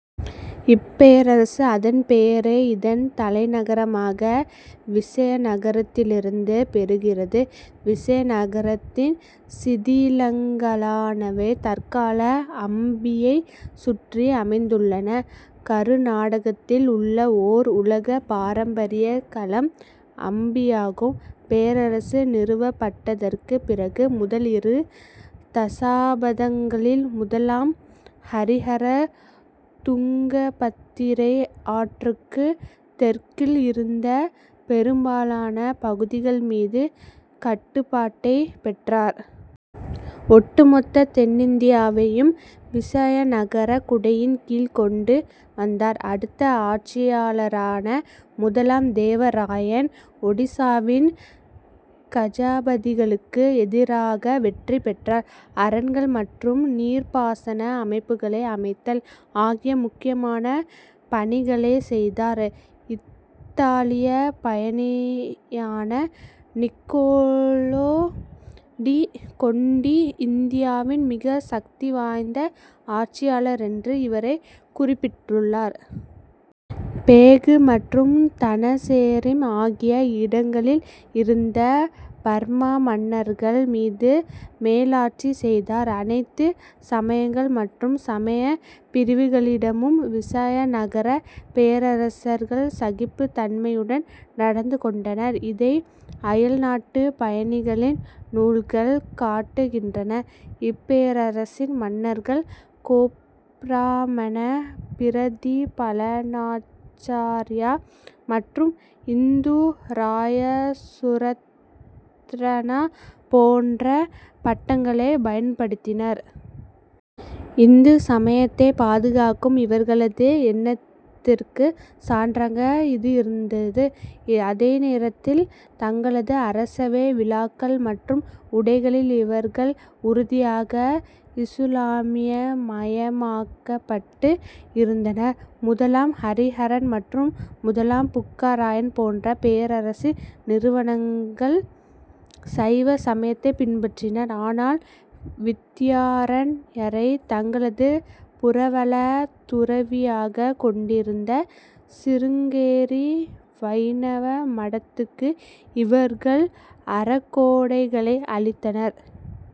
இப்பேரரசு அதன் பெயரை இதன் தலைநகரமான விசயநகரத்திலிருந்து பெறுகிறது. விசயநகரத்தின் சிதிலங்களானவை தற்கால அம்பியைச் சுற்றி அமைந்துள்ளன. கருநாடகத்தில் உள்ள ஓர் உலகப் பாரம்பரியக் களம் அம்பியாகும். பேரரசு நிறுவப்பட்டதற்குப் பிறகு முதல் இரு தசாப்தங்களில் முதலாம் ஹரிஹரர் துங்கபத்திரை ஆற்றுக்குத் தெற்கில் இருந்த பெரும்பாலான பகுதிகள் மீது கட்டுப்பாட்டைப் பெற்றார். ஒட்டு மொத்த தென்னிந்தியாவையும் விசயநகரக் குடையின் கீழ் கொண்டு வந்தார். அடுத்த ஆட்சியாளரான முதலாம் தேவ ராயன் ஒடிசாவின் கஜபதிகளுக்கு எதிராக வெற்றி பெற்றார். அரண்கள் மற்றும் நீர்ப்பாசன அமைப்புகளை அமைத்தல் ஆகிய முக்கியமான பணிகளைச் செய்தார். இத்தாலியப் பயணியான நிக்கோலோ டி கோண்டி இந்தியாவின் மிக சக்தி வாய்ந்த ஆட்சியாளர் என்று இவரைக் குறிப்பிட்டுள்ளார். பெகு மற்றும் தனசெரிம் ஆகிய இடங்களில் இருந்த பர்மா மன்னர்கள் மீது மேலாட்சி செய்தார். அனைத்து சமயங்கள் மற்றும் சமயப் பிரிவுகளிடமும் விசயநகரப் பேரரசர்கள் சகிப்புத் தன்மையுடன் நடந்து கொண்டனர். இதை அயல்நாட்டுப் பயணிகளின் நூல்கள் காட்டுகின்றன. இப்பேரரசின் மன்னர்கள் கோப்ராமண பிரதிபலனாச்சார்யா மற்றும் இந்துராயசுரத்ரனா போன்ற பட்டங்களைப் பயன்படுத்தினர். இந்து சமயத்தைப் பாதுகாக்கும் இவர்களது எண்ணத்திற்கு சான்றாக இது இருந்த்து. அதே நேரத்தில், தங்களது அரசவை விழாக்கள் மற்றும் உடைகளில் இவர்கள் உறுதியாக இசுலாமியமயமாக்கப்பட்டு இருந்தனர். முதலாம் ஹரிஹரன் மற்றும் முதலாம் புக்கா ராயன் போன்ற பேரரசின் நிறுவனர்கள் சைவ சமயத்தைப் பின்பற்றினர். ஆனால், வித்யாரண்யரைத் தங்களது புரவலத் துறவியாகக் கொண்டிருந்த சிருங்கேரி வைணவ மடத்துக்கு இவர்கள் அறக்கொடைகளை அளித்தனர்.